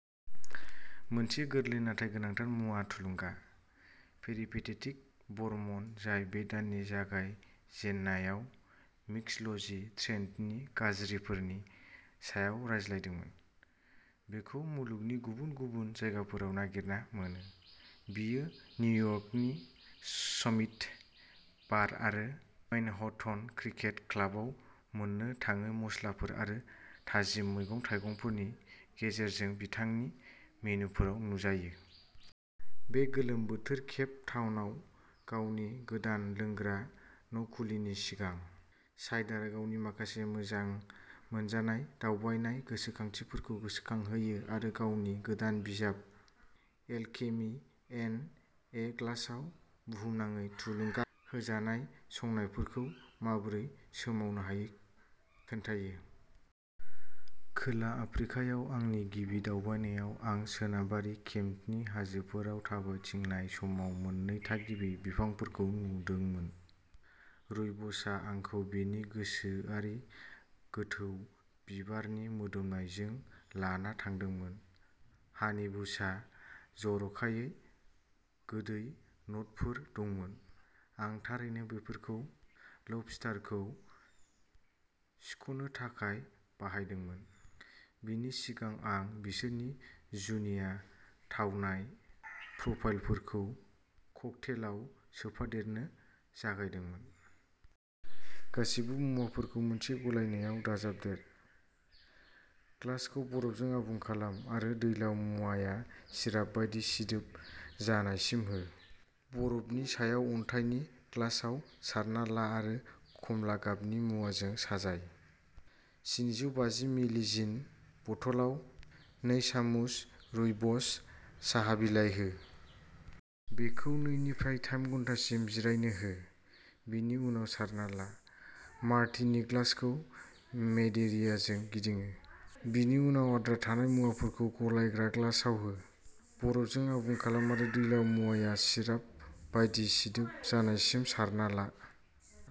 मोनसे गोरलै नाथाय गोनांथार मुवा थुलुंगा। पेरिपेटेटिक बर्मन जाय बे दाननि जागाय जेन्नायाव मिक्स'ल'जि ट्रेन्दनि गाज्रिफोरनि सायाव रायज्लायदोंमोन। बेखौ मुलुगनि गुबुन गुबुन जायगाफोराव नागिरना मोनो। बेयो निउयर्कनि समिट बार आरो मैनहट्टन क्रिकेट क्लाबआव मोननो थाङै मस्लाफोर आरो थाजिम मैगं-थाइगंफोरनि गेजेरजों बिथांनि मेनुफोराव नुजायो। बे गोलोम बोथोराव केप टाउनआव गावनि गोदान लोंग्रा न'खुलिनायनि सिगां, साइडारआ गावनि माखासे मोजां मोनजानाय दावबायनाय गोसोखांथिफोरखौ गोसोखांहोयो आरो गावनि गोदान बिजाब एलकेमि इन ए ग्लासआव बुहुमनाङै थुलुंगा होजानाय संनायफोरखौ माबोरै सोमावनो हायो खोन्थायो। खोला आफ्रिकायाव आंनि गिबि दावबायनायाव आं सोनाबारि केपनि हाजोफोराव थाबायथिंनाय समाव मोन्नै थागिबि बिफांफोरखौ नुदोंमोन। रुइबसआ आंखौ बेनि गोसोआरि गोथौ बिबारनि मोदोमनायजों लाना थांदोंमोन हानिबुसहा जर'खायै गोदै न'टफोर दंमोन। आं थारैनो बेफोरखौ लबस्टारखौ सिख'नो थाखाय बाहायदोंमोन, बेनि सिगां आं बिसोरनि जुनिया थावनाय प्रफाइलफोरखौ ककटेलआव सोफादेरनो जागायदोंमोन। गासैबो मुवाफोरखौ मोनसे गलायनायाव दाजाबदेर। ग्लासखौ बरफजों आबुं खालाम आरो दैलाव मुवाया सिराप बायदि सिदोब जानायसिम हो। बरफनि सायाव अन्थाइनि ग्लासआव सारना ला आरो खमला गाबनि मुवाजों साजाय। स्निजौबाजि मिलि जिन बथलआव नै सामुस रुइबस साहा बिलाइ हो। बेखौ नैनिफ्राय थाम घन्टासिम जिरायनो हो, बेनि उनाव सारना ला। मार्टिनि ग्लासखौ मादेइरियाजों गिदिङो, बेनि उनाव आद्रा थानाय मुवाफोरखौ गलायग्रा ग्लासाव हो। बरफजों आबुं खालाम आरो दैलाव मुवाया सिराप बायदि सिदोब जानायसिम सारना ला।